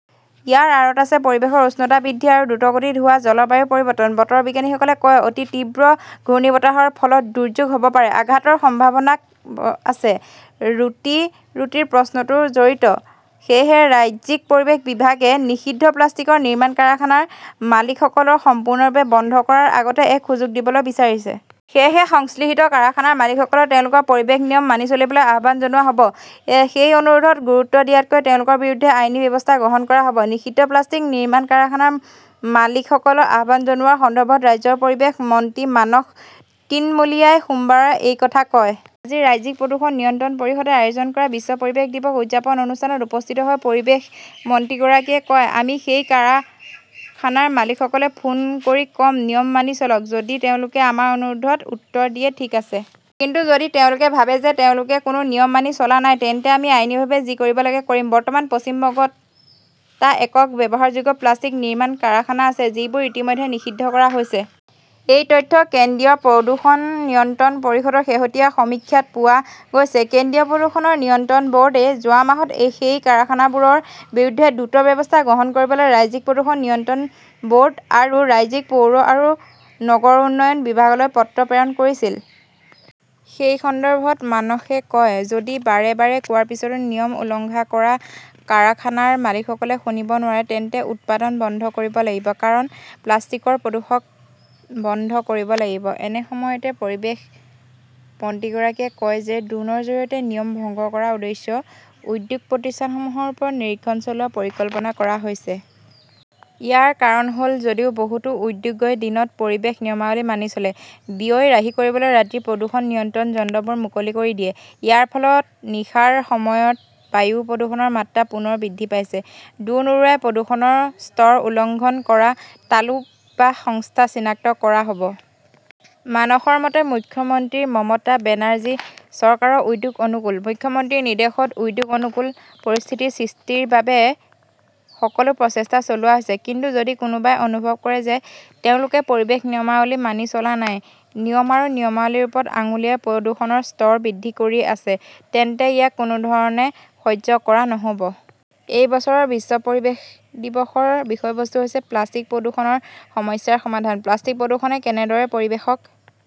ইয়াৰ আঁৰত আছে পৰিৱেশৰ উষ্ণতা বৃদ্ধি আৰু দ্ৰুতগতিত হোৱা জলবায়ু পৰিৱৰ্তন, বতৰ বিজ্ঞানীসকলে কয়। অতি তীব্ৰ ঘূৰ্ণীবতাহৰ ফলত 'দুৰ্যোগ "হ" ব পাৰে! আঘাতৰ সম্ভাৱনা ক "ত আছে? ৰুটি-ৰুটিৰ প্ৰশ্নটো জড়িত। সেয়েহে, ৰাজ্যিক পৰিৱেশ বিভাগে নিষিদ্ধ প্লাষ্টিক নিৰ্মাণ কাৰখানাৰ মালিকসকলক সম্পূৰ্ণৰূপে বন্ধ কৰাৰ আগতে এক সুযোগ দিবলৈ বিচাৰিছে। সেয়েহে, সংশ্লিষ্ট কাৰখানাৰ মালিকসকলক তেওঁলোকৰ পৰিৱেশ নিয়ম মানি চলিবলৈ আহ্বান জনোৱা হ "ব। সেই অনুৰোধত গুৰুত্ব নিদিয়াকৈ তেওঁলোকৰ বিৰুদ্ধে আইনী ব্যৱস্থা গ্ৰহণ কৰা হ "ব। নিষিদ্ধ প্লাষ্টিক নিৰ্মাণ কাৰখানাৰ মালিকসকলক আহ্বান জনোৱাৰ সন্দৰ্ভত ৰাজ্যৰ পৰিৱেশ মন্ত্ৰী মানস তৃণমূলিয়াই সোমবাৰে এই কথা কয়। আজি ৰাজ্যিক প্ৰদূষণ নিয়ন্ত্ৰণ পৰিষদে আয়োজন কৰা বিশ্ব পৰিৱেশ দিৱস উদযাপন অনুষ্ঠানত উপস্থিত হৈ পৰিৱেশ মন্ত্ৰীগৰাকীয়ে কয়, "আমি সেই কাৰখানাৰ মালিকসকলক ফোন কৰি ক" ম, নিয়ম মানি চলক। যদি তেওঁলোকে আমাৰ অনুৰোধৰ উত্তৰ দিয়ে, ঠিক আছে। কিন্তু যদি তেওঁলোকে ভাবে যে তেওঁলোকে কোনো নিয়ম মানি চলা নাই, তেন্তে আমি আইনীভাৱে যি কৰিব লাগে কৰিম। "বৰ্তমান পশ্চিম বংগত টা একক ব্যৱহাৰযোগ্য প্লাষ্টিক নিৰ্মাণ কাৰখানা আছে, যিবোৰ ইতিমধ্যে নিষিদ্ধ কৰা হৈছে। এই তথ্য কেন্দ্ৰীয় প্ৰদূষণ নিয়ন্ত্ৰণ পৰিষদৰ শেহতীয়া সমীক্ষাত পোৱা গৈছে। কেন্দ্ৰীয় প্ৰদূষণ নিয়ন্ত্ৰণ ব "ৰ্ডে যোৱা মাহত সেই কাৰখানাবোৰৰ বিৰুদ্ধে দ্ৰুত ব্যৱস্থা গ্ৰহণ কৰিবলৈ ৰাজ্যিক প্ৰদূষণ নিয়ন্ত্ৰণ ব" ৰ্ড আৰু ৰাজ্যৰ পৌৰ আৰু নগৰ উন্নয়ন বিভাগলৈ পত্ৰ প্ৰেৰণ কৰিছিল। সেই সন্দৰ্ভত মানসই কয়, "যদি বাৰে বাৰে কোৱাৰ পিছতো নিয়ম উলংঘা কৰা কাৰখানাৰ মালিকসকলে শুনিব নোৱাৰে, তেন্তে উৎপাদন বন্ধ কৰিব লাগিব। কাৰণ, প্লাষ্টিকৰ প্ৰদূষণ বন্ধ কৰিব লাগিব। "একে সময়তে, পৰিৱেশ মন্ত্ৰীগৰাকীয়ে কয় যে ড্ৰোনৰ জৰিয়তে নিয়ম ভংগ কৰা উদ্যোগ, উদ্যোগ প্ৰতিষ্ঠানসমূহৰ ওপৰত নিৰীক্ষণ চলোৱাৰ পৰিকল্পনা কৰা হৈছে। ইয়াৰ কাৰণ হ "ল, যদিও বহুতো উদ্যোগই দিনত পৰিৱেশ নিয়মাৱলী মানি চলে, ব্যয় ৰাহি কৰিবলৈ ৰাতি প্ৰদূষণ নিয়ন্ত্ৰণ যন্ত্ৰবোৰ মুকলি কৰি দিয়ে। ইয়াৰ ফলত নিশাৰ সময়ত বায়ু প্ৰদূষণৰ মাত্ৰা পুনৰ বৃদ্ধি পাইছে। ড্ৰোন উৰুৱাই প্ৰদূষণৰ স্তৰ উলংঘন কৰা তালুক বা সংস্থা চিনাক্ত কৰা হ "ব। মানসৰ মতে, "মুখ্যমন্ত্ৰী মমতা বেনাৰ্জীৰ চৰকাৰ উদ্যোগ অনুকূল। মুখ্যমন্ত্ৰীৰ নিৰ্দেশত উদ্যোগ-অনুকূল পৰিস্থিতি সৃষ্টিৰ বাবে সকলো প্ৰচেষ্টা চলোৱা হৈছে। কিন্তু যদি কোনোবাই অনুভৱ কৰে যে তেওঁলোকে পৰিৱেশ নিয়মাৱলী মানি চলা নাই, নিয়ম আৰু নিয়মাৱলীৰ ওপৰত আঙুলিয়াই প্ৰদূষণৰ স্তৰ বৃদ্ধি কৰি আছে, তেন্তে ইয়াক কোনো ধৰণে সহ্য কৰা নহ "ব। "এই বছৰৰ বিশ্ব পৰিৱেশ দিৱসৰ বিষয়বস্তু হৈছে 'প্লাষ্টিক-প্ৰদূষণৰ সমস্যাৰ সমাধান"। প্লাষ্টিক-প্ৰদূষণে কেনেদৰে পৰিৱেশক